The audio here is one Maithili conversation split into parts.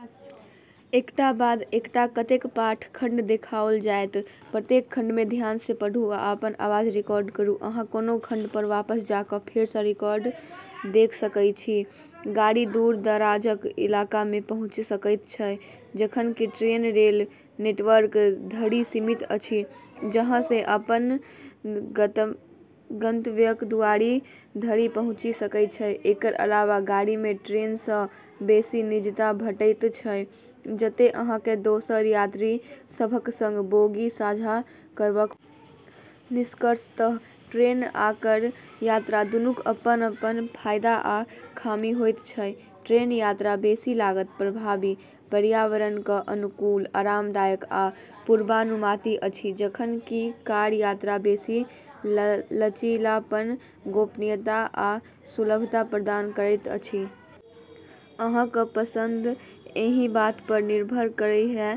गाड़ी दूर-दराजक इलाकामे पहुँचि सकैत अछि, जखन कि ट्रेन रेल नेटवर्क धरि सीमित अछि, जाहिसँ अहाँ अपन गंतव्यक दुआरी धरि पहुँचि सकै छी। एकर अलावा गाड़ीमे ट्रेनसँ बेसी निजता भेटैत छै, जतै अहाँकेँ दोसर यात्री सभक संग बोगी साझा करबाक पड़ैत छै। निष्कर्षतः ट्रेन आ कार यात्रा दूनूक अपन-अपन फायदा आ खामी होइत छैक। ट्रेन यात्रा बेसी लागत प्रभावी, पर्यावरणक अनुकूल, आरामदायक आ पूर्वानुमानित अछि, जखन कि कार यात्रा बेसी लचीलापन, गोपनीयता आ सुलभता प्रदान करैत अछि। अहाँक पसंद एहि बातपर निर्भर करत जे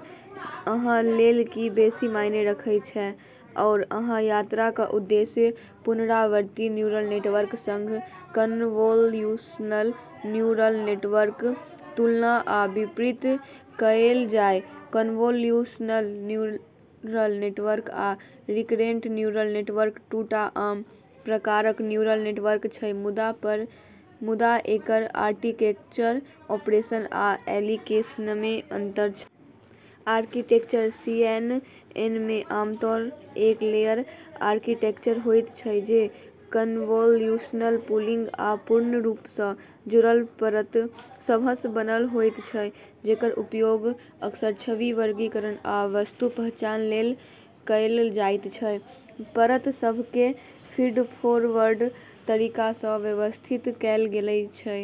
अहाँ लेल की बेसी मायने रखैत अछि आओर अहाँक यात्राक उद्देश्य। पुनरावर्ती न्यूरल नेटवर्कक संग कन्वोल्यूशनल न्यूरल नेटवर्कक तुलना आ विपरीत कएल जाय। कन्वोल्यूशनल न्यूरल नेटवर्क आ रिकरेंट न्यूरल नेटवर्क दू टा आम प्रकारक न्यूरल नेटवर्क छै, मुदा एकर आर्किटेक्चर, ऑपरेशन आ एप्लीकेशनमे अंतर छै। आर्किटेक्चर: सीएनएनमे आमतौरपर एक लेयर आर्किटेक्चर होइत छै जे कन्वोल्यूशनल, पूलिंग आ पूर्ण रूपसँ जुड़ल परत सभसँ बनल होइत छै, जेकर उपयोग अक्सर छवि वर्गीकरण आ वस्तु पहचान लेल कएल जाइत छै। परत सभकेँ फीडफोरवर्ड तरीकासँ व्यवस्थित कएल गेल अछि,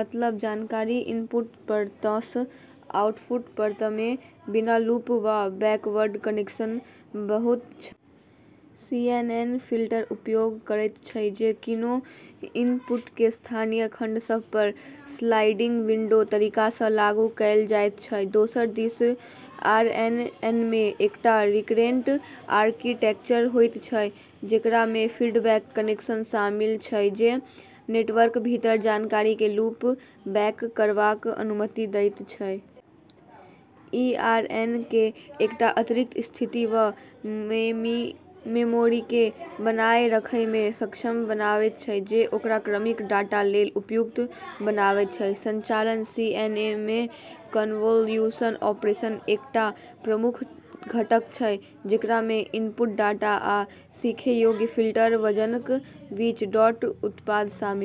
मतलब जानकारी इनपुट परतसँ आउटपुट परतमे बिना लूप वा बैकवर्ड कनेक्शनक बहैत छै। सीएनएन फिल्टरक उपयोग करैत छै जे कोनो इनपुटकेँ स्थानीय खंड सभपर स्लाइडिंग विंडो तरीकासँ लागू कएल जाइत छै। दोसर दिस आरएनएनमे एकटा रिकरेंट आर्किटेक्चर होइत छै जेकरामे फीडबैक कनेक्शन शामिल छै, जे नेटवर्कक भीतर जानकारीकेँ लूप बैक करबाक अनुमति दैत छै। ई आरएनएनकेँ एकटा आंतरिक स्थिति वा मेमोरीकेँ बनाए रखैमे सक्षम बनावैत छै, जे ओकरा क्रमिक डाटा लेल उपयुक्त बनावैत छै। संचालन: सीएनएनमे, कन्वोल्यूशन ऑपरेशन एकटा प्रमुख घटक छै, जेकरामे इनपुट डाटा आ सीखै योग्य फिल्टर वजनक बीच डॉट उत्पाद शामिल छै।